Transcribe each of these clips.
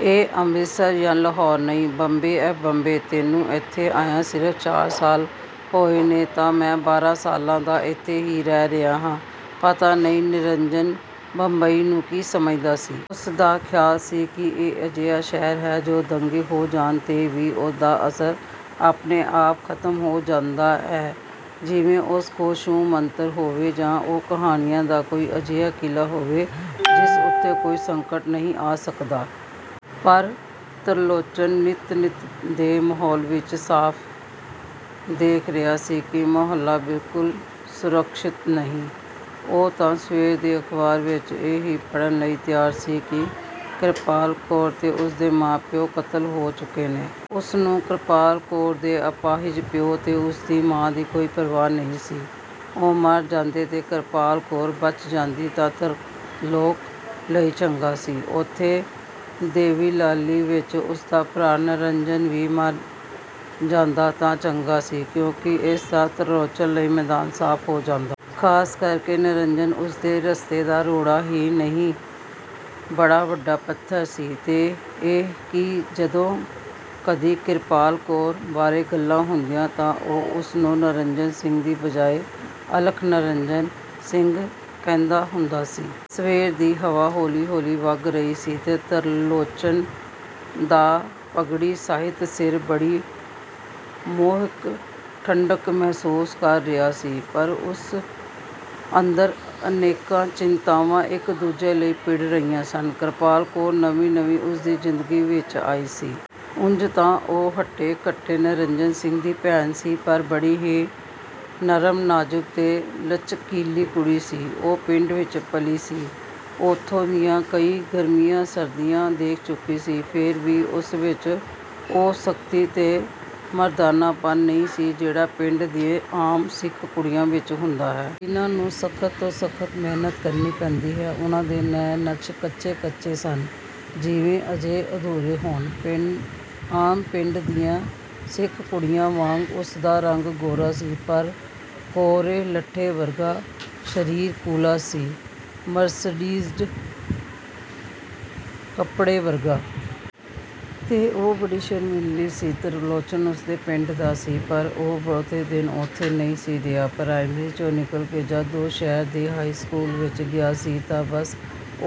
ਇਹ ਅੰਮ੍ਰਿਤਸਰ ਜਾਂ ਲਾਹੌਰ ਨਹੀਂ, ਬੰਬੇ ਐ, ਬੰਬੇ! ਤੈਨੂੰ ਇੱਥੇ ਆਇਆਂ ਸਿਰਫ਼ ਚਾਰ ਸਾਲ ਹੋਏ ਨੇ ਤੇ ਮੈਂ ਬਾਰ੍ਹਾਂ ਸਾਲਾਂ ਦਾ ਇੱਥੇ ਈ ਰਹਿ ਰਿਹਾਂ ਹਾਂ। 'ਪਤਾ ਨਹੀਂ ਨਿਰੰਜਨ ਬੰਬਈ ਨੂੰ ਕੀ ਸਮਝਦਾ ਸੀ। ਉਸਦਾ ਖਿਆਲ ਸੀ ਕਿ ਇਹ ਅਜਿਹਾ ਸ਼ਹਿਰ ਹੈ ਜੇ ਦੰਗੇ ਹੋ ਵੀ ਜਾਣ ਤਾਂ ਵੀ ਉਹਨਾਂ ਦਾ ਅਸਰ ਆਪਣੇ-ਆਪ ਖਤਮ ਹੋ ਜਾਂਦਾ ਏ, ਜਿਵੇਂ ਉਸ ਕੋਲ ਛੂ ਮੰਤਰ ਹੋਵੇ, ਜਾਂ ਉਹ ਕਹਾਣੀਆਂ ਦਾ ਕੋਈ ਅਜਿਹਾ ਕਿਲਾ ਹੋਵੇ, ਜਿਸ ਉੱਤੇ ਕੋਈ ਸੰਕਟ ਨਹੀਂ ਆ ਸਕਦਾ। ਪਰ ਤਿਰਲੋਚਨ ਨਿੱਤ-ਨਿੱਤ ਦੇ ਮਾਹੌਲ ਵਿਚ ਸਾਫ਼ ਦੇਖ ਰਿਹਾ ਸੀ ਕਿ ਮੁਹੱਲਾ ਬਿਲਕੁਲ ਸੁਰੱਖਿਅਤ ਨਹੀਂ। ਉਹ ਤਾਂ ਸਵੇਰ ਦੇ ਅਖ਼ਬਾਰ ਵਿਚ ਇਹ ਵੀ ਪੜ੍ਹਨ ਲਈ ਤਿਆਰ ਸੀ ਕਿ ਕਿਰਪਾਲ ਕੌਰ ਤੇ ਉਸਦੇ ਮਾਂ-ਪਿਉ ਕਤਲ ਹੋ ਚੁੱਕੇ ਨੇ। ਉਸਨੂੰ ਕਿਰਪਾਲ ਕੌਰ ਦੇ ਅਪਾਹਜ ਪਿਉ ਤੇ ਉਸਦੀ ਮਾਂ ਦੀ ਕੋਈ ਪ੍ਰਵਾਹ ਨਹੀਂ ਸੀ। ਉਹ ਮਰ ਜਾਂਦੇ ਤੇ ਕਿਰਪਾਲ ਕੌਰ ਬਚ ਜਾਂਦੀ ਤਾਂ ਤਿਰਲੋਚਨ ਲਈ ਚੰਗਾ ਸੀ। ਉੱਥੇ ਦੇਵਲਾਲੀ ਵਿਚ ਉਸਦਾ ਭਰਾ ਨਿਰੰਜਨ ਵੀ ਮਰ ਜਾਂਦਾ ਤਾਂ ਚੰਗਾ ਸੀ, ਕਿਉਂਕਿ ਇਸ ਤਰ੍ਹਾਂ ਤਿਰਲੋਚਨ ਲਈ ਮੈਦਾਨ ਸਾਫ਼ ਹੋ ਜਾਂਦਾ। ਖਾਸ ਕਰਕੇ ਨਿਰੰਜਨ ਉਸਦੇ ਰਸਤੇ ਦਾ ਰੋੜਾ ਹੀ ਨਹੀਂ, ਬੜਾ ਵੱਡਾ ਪੱਥਰ ਸੀ। ਤੇ ਇਹ ਕਿ ਜਦੋਂ ਕਦੀ ਕਿਰਪਾਲ ਕੌਰ ਬਾਰੇ ਗੱਲਾਂ ਹੁੰਦੀਆਂ ਤਾਂ ਉਹ ਉਸਨੂੰ ਨਿਰੰਜਨ ਸਿੰਘ ਦੀ ਬਜਾਏ ਅਲਖ ਨਿਰੰਜਨ ਸਿੰਘ ਕਹਿੰਦਾ ਹੁੰਦਾ ਸੀ। ਸਵੇਰ ਦੀ ਹਵਾ ਹੌਲੀ-ਹੌਲੀ ਵਗ ਰਹੀ ਸੀ ਤੇ ਤਿਰਲੋਚਨ ਦਾ ਪੱਗੜੀ ਰਹਿਤ ਸਿਰ ਬੜੀ ਮੋਹਕ ਠੰਢਕ ਮਹਿਸੂਸ ਕਰ ਰਿਹਾ ਸੀ। ਪਰ ਉਸ ਅੰਦਰ ਅਨੇਕਾਂ ਚਿੰਤਾਵਾਂ ਇਕ ਦੂਜੇ ਨਾਲ ਭਿੜ ਰਹੀਆਂ ਸਨ। ਕਿਰਪਾਲ ਕੌਰ ਨਵੀਂ-ਨਵੀਂ ਉਸਦੀ ਜ਼ਿੰਦਗੀ ਵਿਚ ਆਈ ਸੀ। ਉਂਜ ਤਾਂ ਉਹ ਹੱਟੇ-ਕੱਟੇ ਨਿਰੰਜਨ ਸਿੰਘ ਦੀ ਭੈਣ ਸੀ, ਪਰ ਬੜੀ ਹੀ ਨਰਮ, ਨਾਜ਼ੁਕ ਤੇ ਲਚਕੀਲੀ ਕੁੜੀ ਸੀ। ਉਹ ਪਿੰਡ ਵਿਚ ਪਲੀ ਸੀ। ਉੱਥੋਂ ਦੀਆਂ ਕਈ ਗਰਮੀਆਂ-ਸਰਦੀਆਂ ਦੇਖ ਚੁੱਕੀ ਸੀ, ਫੇਰ ਵੀ ਉਸ ਵਿਚ ਉਹ ਸਖਤੀ ਤੇ ਮਰਦਾਨਾਪਨ ਨਹੀਂ ਸੀ, ਜਿਹੜਾ ਪਿੰਡ ਦੀਆਂ ਆਮ ਸਿੱਖ ਕੁੜੀਆਂ ਵਿਚ ਹੁੰਦਾ ਹੈ। ਜਿਹਨਾਂ ਨੂੰ ਸਖ਼ਤ ਤੋਂ ਸਖ਼ਤ ਮਿਹਨਤ ਕਰਨੀ ਪੈਂਦੀ ਹੈ। ਉਸਦੇ ਨੈਣ-ਨਕਸ਼ ਕੱਚੇ-ਕੱਚੇ ਸਨ, ਜਿਵੇਂ ਅਜੇ ਅਧੂਰੇ ਹੋਣ। ਆਮ ਪਿੰਡ ਦੀਆ ਸਿੱਖ ਕੁੜੀਆਂ ਵਾਂਗ ਉਸਦਾ ਰੰਗ ਗੋਰਾ ਸੀ, ਪਰ ਕੋਰੇ ਲੱਠੇ ਵਰਗਾ, ਸਰੀਰ ਕੂਲਾ ਸੀ, ਮਰਸਰਾਈਜ਼ਡ ਕੱਪੜੇ ਵਰਗਾ। ਤੇ ਉਹ ਬੜੀ ਸ਼ਰਮੀਲੀ ਸੀ। ਤਿਰਲੋਚਨ ਉਸਦੇ ਪਿੰਡ ਦਾ ਸੀ, ਪਰ ਉਹ ਬਹੁਤੇ ਦਿਨ ਉੱਥੇ ਨਹੀਂ ਸੀ ਰਿਹਾ। ਪ੍ਰਾਇਮਰੀ 'ਚੋਂ ਨਿਕਲ ਕੇ ਜਦੋਂ ਉਹ ਸ਼ਹਿਰ ਦੇ ਹਾਈ ਸਕੂਲ ਵਿਚ ਗਿਆ ਸੀ ਤਾਂ ਬੱਸ,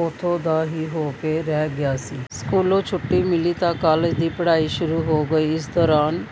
ਉੱਥੋਂ ਦਾ ਹੀ ਹੋ ਕੇ ਰਹਿ ਗਿਆ ਸੀ। ਸਕੂਲੋਂ ਛੁੱਟੀ ਮਿਲੀ ਤਾਂ ਕਾਲਜ ਦੀ ਪੜ੍ਹਾਈ ਸ਼ੁਰੂ ਹੋ ਗਈ। ਇਸ ਦੌਰਾਨ